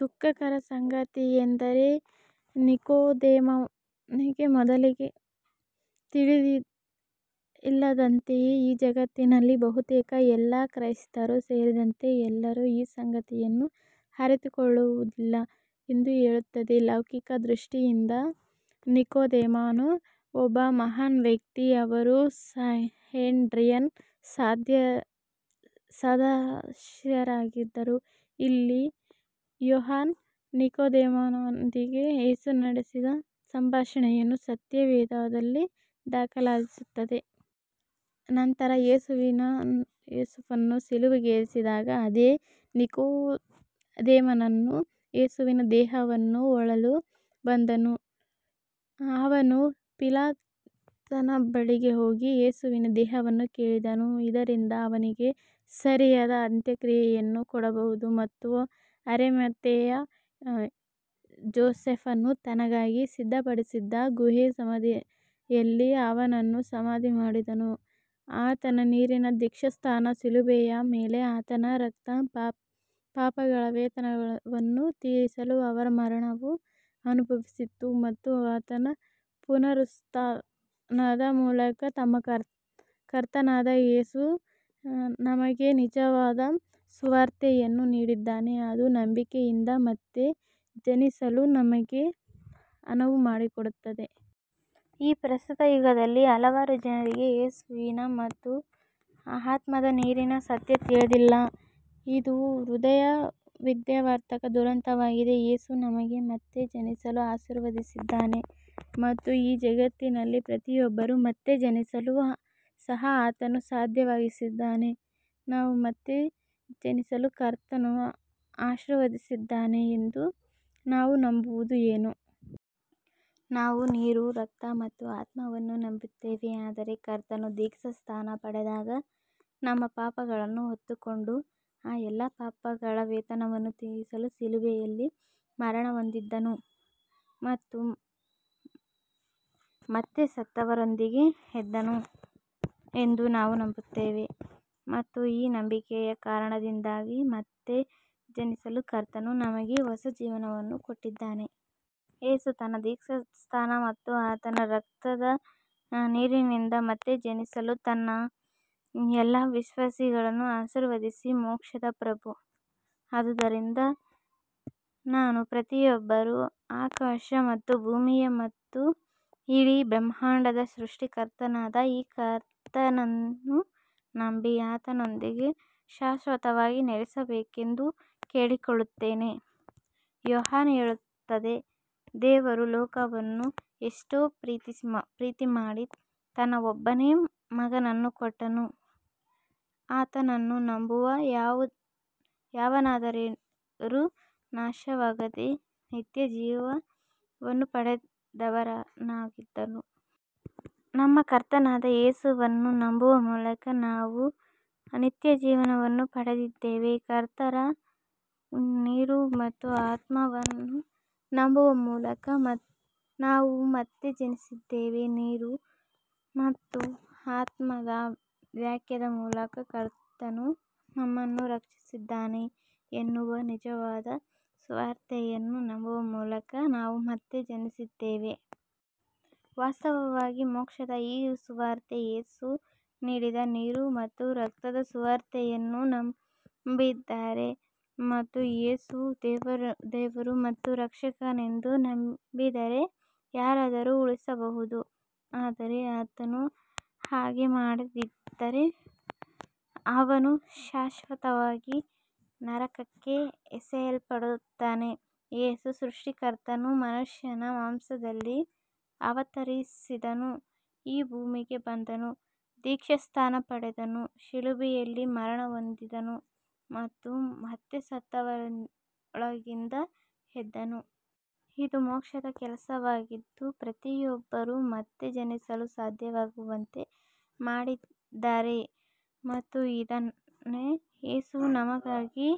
ದುಃಖಕರ ಸಂಗತಿಯೆಂದರೆ, ನಿಕೊದೇಮನಗೆ ಮೊದಲಿಗೆ ತಿಳಿದಿಲ್ಲದಂತೆಯೇ ಈ ಜಗತ್ತಿನಲ್ಲಿ ಬಹುತೇಕ ಎಲ್ಲ ಕ್ರೈಸ್ತರು ಸೇರಿದಂತೆ ಎಲ್ಲರೂ ಈ ಸಂಗತಿಯನ್ನು ಅರಿತುಕೊಳ್ಳುವುದಿಲ್ಲ ಎಂದು ಹೇಳುತ್ತದೆ. ಲೌಕಿಕ ದೃಷ್ಟಿಯಿಂದ, ನಿಕೊದೇಮನು ಒಬ್ಬ ಮಹಾನ್ ವ್ಯಕ್ತಿ. ಅವರು ಸಂಹೆಡ್ರಿನ್ ಸದಸ್ಯರಾಗಿದ್ದರು. ಇಲ್ಲಿ ಯೋಹಾನ, ನಿಕೊದೇಮನನೊಂದಿಗೆ ಯೇಸು ನಡೆಸಿದ ಸಂಭಾಷಣೆಯನ್ನು ಸತ್ಯವೇದದಲ್ಲಿ ದಾಖಲಿಸುತ್ತದೆ. ನಂತರ, ಯೇಸುವನ್ನು ಶಿಲುಬೆಗೇರಿಸಿದಾಗ, ಅದೇ ನಿಕೊದೇಮನನು ಯೇಸುವಿನ ದೇಹವನ್ನು ಹೂಳಲು ಬಂದನು. ಅವನು ಪಿಲಾತನ ಬಳಿಗೆ ಹೋಗಿ ಯೇಸುವಿನ ದೇಹವನ್ನು ಕೇಳಿದನು, ಇದರಿಂದ ಅವನಿಗೆ ಸರಿಯಾದ ಅಂತ್ಯಕ್ರಿಯೆಯನ್ನು ಕೊಡಬಹುದು ಮತ್ತು ಅರಿಮಾಥೆಯ ಯೋಸೇಫನು ತನಗಾಗಿ ಸಿದ್ಧಪಡಿಸಿದ್ದ ಗುಹೆ-ಸಮಾಧಿಯಲ್ಲಿ ಅವನನ್ನು ಸಮಾಧಿ ಮಾಡಿದನು. ಆತನ ನೀರಿನ ದೀಕ್ಷಾಸ್ನಾನ, ಶಿಲುಬೆಯ ಮೇಲೆ ಆತನ ರಕ್ತ, ಪಾಪಗಳ ವೇತನವನ್ನು ತೀರಿಸಲು ಅವರ ಮರಣವು ಅನುಭವಿಸಿತು, ಮತ್ತು ಆತನ ಪುನರುತ್ಥಾನದ ಮೂಲಕ, ನಮ್ಮ ಕರ್ತನಾದ ಯೇಸು ನಮಗೆ ನಿಜವಾದ ಸುವಾರ್ತೆಯನ್ನು ನೀಡಿದ್ದಾನೆ, ಅದು ನಂಬಿಕೆಯಿಂದ ಮತ್ತೆ ಜನಿಸಲು ನಮಗೆ ಅನುವು ಮಾಡಿಕೊಡುತ್ತದೆ. ಈ ಪ್ರಸ್ತುತ ಯುಗದಲ್ಲಿ ಹಲವಾರು ಜನರಿಗೆ ಯೇಸುವಿನ ಮತ್ತು ಆತ್ಮದ ನೀರಿನ ಸತ್ಯ ತಿಳಿದಿಲ್ಲ. ಇದು ಹೃದಯ ವಿದ್ರಾವಕ ದುರಂತವಾಗಿದೆ. ಯೇಸು ನಮಗೆ ಮತ್ತೆ ಜನಿಸಲು ಆಶೀರ್ವದಿಸಿದ್ದಾನೆ, ಮತ್ತು ಈ ಜಗತ್ತಿನಲ್ಲಿ ಪ್ರತಿಯೊಬ್ಬರೂ ಮತ್ತೆ ಜನಿಸಲು ಸಹ ಆತನು ಸಾಧ್ಯವಾಗಿಸಿದ್ದಾನೆ. ನಾವು ಮತ್ತೆ ಜನಿಸಲು ಕರ್ತನು ಆಶೀರ್ವದಿಸಿದ್ದಾನೆ ಎಂದು ನಾವು ನಂಬುವುದು ಏನು? ನಾವು ನೀರು, ರಕ್ತ ಮತ್ತು ಆತ್ಮವನ್ನು ನಂಬುತ್ತೇವೆ ಅಂದರೆ, ಕರ್ತನು ದೀಕ್ಷಾಸ್ನಾನ ಪಡೆದಾಗ ನಮ್ಮ ಪಾಪಗಳನ್ನು ಹೊತ್ತುಕೊಂಡನು, ಆ ಎಲ್ಲಾ ಪಾಪಗಳ ವೇತನವನ್ನು ತೀರಿಸಲು ಶಿಲುಬೆಯಲ್ಲಿ ಮರಣಹೊಂದಿದನು ಮತ್ತು ಮತ್ತೆ ಸತ್ತವರೊಳಗಿಂದ ಎದ್ದನು ಎಂದು ನಾವು ನಂಬುತ್ತೇವೆ ಮತ್ತು ಈ ನಂಬಿಕೆಯ ಕಾರಣದಿಂದಾಗಿ ಮತ್ತೆ ಜನಿಸಲು ಕರ್ತನು ನಮಗೆ ಹೊಸ ಜೀವನವನ್ನು ಕೊಟ್ಟಿದ್ದಾನೆ. ಯೇಸು ತನ್ನ ದೀಕ್ಷಾಸ್ನಾನ ಮತ್ತು ಆತನ ರಕ್ತದ ನೀರಿನಿಂದ ಮತ್ತೆ ಜನಿಸಲು ತನ್ನ ಎಲ್ಲಾ ವಿಶ್ವಾಸಿಗಳನ್ನು ಆಶೀರ್ವದಿಸಿದ ಮೋಕ್ಷದ ಪ್ರಭು. ಆದುದರಿಂದ ನಾನು ಪ್ರತಿಯೊಬ್ಬರೂ ಆಕಾಶ ಮತ್ತು ಭೂಮಿಯ ಮತ್ತು ಇಡೀ ಬ್ರಹ್ಮಾಂಡದ ಸೃಷ್ಟಿಕರ್ತನಾದ ಈ ಕರ್ತನನ್ನು ನಂಬಿ, ಆತನೊಂದಿಗೆ ಶಾಶ್ವತವಾಗಿ ನೆಲೆಸಬೇಕೆಂದು ಕೇಳಿಕೊಳ್ಳುತ್ತೇನೆ. ಯೋಹಾನ ಹೇಳುತ್ತದೆ, "ದೇವರು ಲೋಕವನ್ನು ಎಷ್ಟೋ ಪ್ರೀತಿಮಾಡಿ ತನ್ನ ಒಬ್ಬನೇ ಮಗನನ್ನು ಕೊಟ್ಟನು; ಆತನನ್ನು ನಂಬುವ ಯಾವನಾದರೂ ನಾಶವಾಗದೆ ನಿತ್ಯಜೀವ ವನ್ನು ಪಡೆದವನಾಗಿರುವನು.. " ನಮ್ಮ ಕರ್ತನಾದ ಯೇಸುವನ್ನು ನಂಬುವ ಮೂಲಕ ನಾವು ನಿತ್ಯಜೀವವನ್ನು ಪಡೆದಿದ್ದೇವೆ. ಕರ್ತನ ನೀರು ಮತ್ತು ಆತ್ಮವನ್ನು ನಂಬುವ ಮೂಲಕ ನಾವು ಮತ್ತೆ ಜನಿಸಿದ್ದೇವೆ. ನೀರು ಮತ್ತು ಆತ್ಮದ ವಾಕ್ಯದ ಮೂಲಕ ಕರ್ತನು ನಮ್ಮನು ರಕ್ಷಿಸಿದ್ದಾನೆ ಎನ್ನುವ ನಿಜವಾದ ಸುವಾರ್ತೆಯನ್ನು ನಂಬುವ ಮೂಲಕ, ನಾವು ಮತ್ತೆ ಜನಿಸಿದ್ದೇವೆ. ವಾಸ್ತವವಾಗಿ, ಮೋಕ್ಷದ ಈ ಸುವಾರ್ತೆ, ಯೇಸು ನೀಡಿದ ನೀರು ಮತ್ತು ರಕ್ತದ ಸುವಾರ್ತೆಯನ್ನು ನಂಬಿದರೆ ಮತ್ತು ಯೇಸು ದೇವರು ಮತ್ತು ರಕ್ಷಕನೆಂದು ನಂಬಿದರೆ ಯಾರಾದರೂ ಉಳಿಸಬಹುದು; ಆದರೆ ಆತನು ಹಾಗೆ ಮಾಡದಿದ್ದರೆ, ಅವನು ಶಾಶ್ವತವಾಗಿ ನರಕಕ್ಕೆ ಎಸೆಯಲ್ಪಡುತ್ತಾನೆ. ಯೇಸು, ಸೃಷ್ಟಿಕರ್ತನು ಮನುಷ್ಯನ ಮಾಂಸದಲ್ಲಿ ಅವತರಿಸಿದನು ಈ ಭೂಮಿಗೆ ಬಂದನು, ದೀಕ್ಷಾಸ್ನಾನ ಪಡೆದನು, ಶಿಲುಬೆಯಲ್ಲಿ ಮರಣಹೊಂದಿದನು ಮತ್ತು ಮತ್ತೆ ಸತ್ತವರೊಳಗಿಂದ ಎದ್ದನು. ಇದು ಮೋಕ್ಷದ ಕೆಲಸವಾಗಿದ್ದು, ಪ್ರತಿಯೊಬ್ಬರೂ ಮತ್ತೆ ಜನಿಸಲು ಸಾಧ್ಯವಾಗುವಂತೆ ಮಾಡಿದ್ದಾರೆ ಮತ್ತು ಇದನ್ನೇ ಯೇಸು ನಮಗಾಗಿ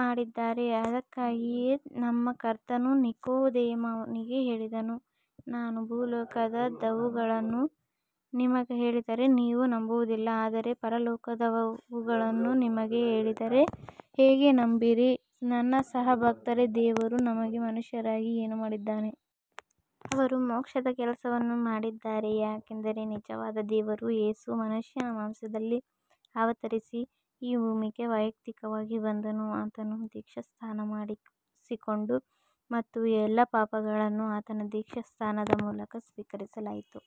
ಮಾಡಿದ್ದಾರೆ. ಅದಕ್ಕಾಗಿಯೇ ನಮ್ಮ ಕರ್ತನು ನಿಕೊದೇಮನಿಗೆ ಹೇಳಿದನು, "ನಾನು ಭೂಲೋಕ ದವುಗಳನ್ನು ನಿಮಗೆ ಹೇಳಿದರೆ ನೀವು ನಂಬುವದಿಲ್ಲ; ಆದರೆ ಪರಲೋಕದವುಗಳನ್ನು ನಿಮಗೆ ಹೇಳಿದರೆ ಹೇಗೆ ನಂಬೀರಿ " ನನ್ನ ಸಹ ಭಕ್ತರೇ, ದೇವರು ನಮಗೆ ಮನುಷ್ಯರಿಗಾಗಿ ಏನು ಮಾಡಿದ್ದಾನೆ? ಅವರು ಮೋಕ್ಷದ ಕೆಲಸವನ್ನು ಮಾಡಿದ್ದಾರೆ, ಯಾಕಂದರೆ ನಿಜವಾದ ದೇವರು ಯೇಸು ಮನುಷ್ಯನ ಮಾಂಸದಲ್ಲಿ ಅವತರಿಸಿ ಈ ಭೂಮಿಗೆ ವೈಯಕ್ತಿಕವಾಗಿ ಬಂದನು. ಆತನು ದೀಕ್ಷಾಸ್ನಾನ ಮಾಡಿಸಿಕೊಂಡು ಮತ್ತು ಎಲ್ಲಾ ಪಾಪಗಳನ್ನು ಆತನ ದೀಕ್ಷಾಸ್ನಾನದ ಮೂಲಕ ಸ್ವೀಕರಿಸಲಾಯಿತು.